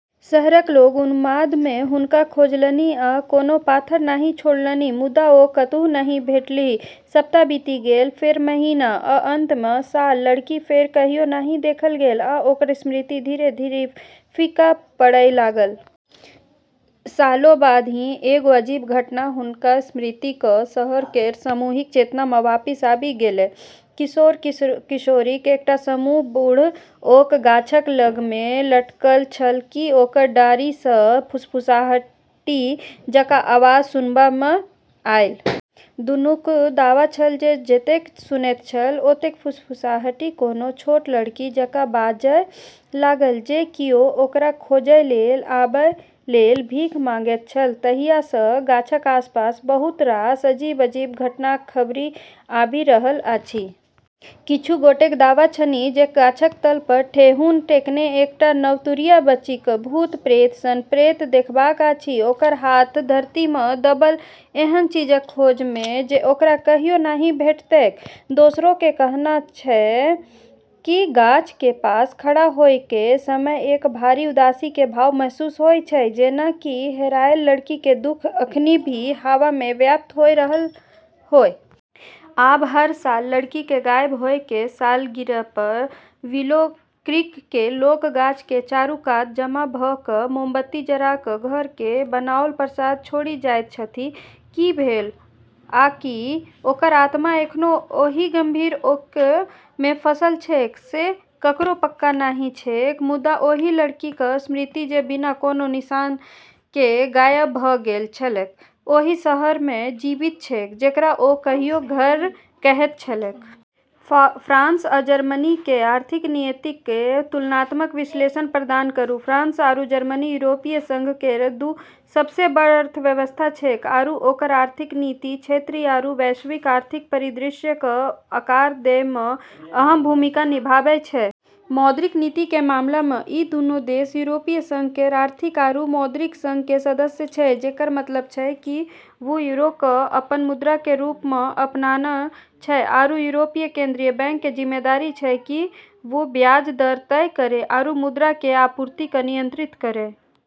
शहरक लोक उन्माद मे हुनका खोजलनि आ कोनो पाथर नहि छोड़लनि मुदा ओ कतहु नहि भेटलीह। सप्ताह बीति गेल, फेर महिना, आ अंत मे, साल। लड़की फेर कहियो नहि देखल गेल, आ ओकर स्मृति धीरे-धीरे फीका पड़य लागल। सालों बाद ही एगो अजीब घटना हुनकऽ स्मृति क॑ शहर केरऽ सामूहिक चेतना म॑ वापस आबी गेलै। किशोर-किशोरीक एकटा समूह बूढ़ ओक गाछक लग मे लटकल छल कि ओकर डारि सँ फुसफुसाहटि जकाँ आवाज सुनबा मे आयल। दुनूक दावा छल जे जतेक सुनैत छल, ओतेक फुसफुसाहटि कोनो छोट लड़की जकाँ बाजय लागल, जे कियो ओकरा खोजय लेल आबय लेल भीख मांगैत छल। तहिया सँ गाछक आसपास बहुत रास अजीब-अजीब घटनाक खबरि आबि रहल अछि। किछु गोटेक दावा छनि जे गाछक तल पर ठेहुन टेकने एकटा नवतुरिया बच्चीक भूत-प्रेत सन प्रेत देखबाक अछि, ओकर हाथ धरती मे दबल, एहन चीजक खोज मे जे ओकरा कहियो नहि भेटतैक। दोसरोॅ के कहना छै कि गाछ के पास खड़ा होय के समय एक भारी उदासी के भाव महसूस होय छै, जेना कि हेरायलऽ लड़की के दुख अखनी भी हवा में व्याप्त होय रहलऽ होय। आब हर साल लड़की के गायब होय के सालगिरह पर विलो क्रीक के लोक गाछ के चारू कात जमा भ क मोमबत्ती जरा क घर के बनाओल प्रसाद छोड़ि जाइत छथि. की भेलै आकि ओकर आत्मा एखनो ओहि गंभीर ओक मे फँसल छैक से ककरो पक्का नहि छैक, मुदा ओहि लड़कीक स्मृति जे बिना कोनो निशान के गायब भ' गेल छलैक, ओहि शहर मे जीवित छैक जकरा ओ कहियो घर कहैत छलैक. फ्रांस आ जर्मनी कें आर्थिक नीतियक कें तुलनात्मक विश्लेषण प्रदान करूं. फ्रांस आरू जर्मनी यूरोपीय संघ केरऽ दू सबसें बड़ऽ अर्थव्यवस्था छेकै, आरू ओकरऽ आर्थिक नीति क्षेत्रीय आरू वैश्विक आर्थिक परिदृश्य क॑ आकार दै म॑ अहम भूमिका निभाबै छै। मौद्रिक नीति के मामला म॑ ई दूनू देश यूरोपीय संघ केरऽ आर्थिक आरू मौद्रिक संघ के सदस्य छै, जेकरऽ मतलब छै कि वू यूरो क॑ अपनऽ मुद्रा के रूप म॑ अपनान॑ छै आरू यूरोपीय केंद्रीय बैंक के जिम्मेदारी छै कि वू ब्याज दर तय करै आरू मुद्रा के आपूर्ति क॑ नियंत्रित करै।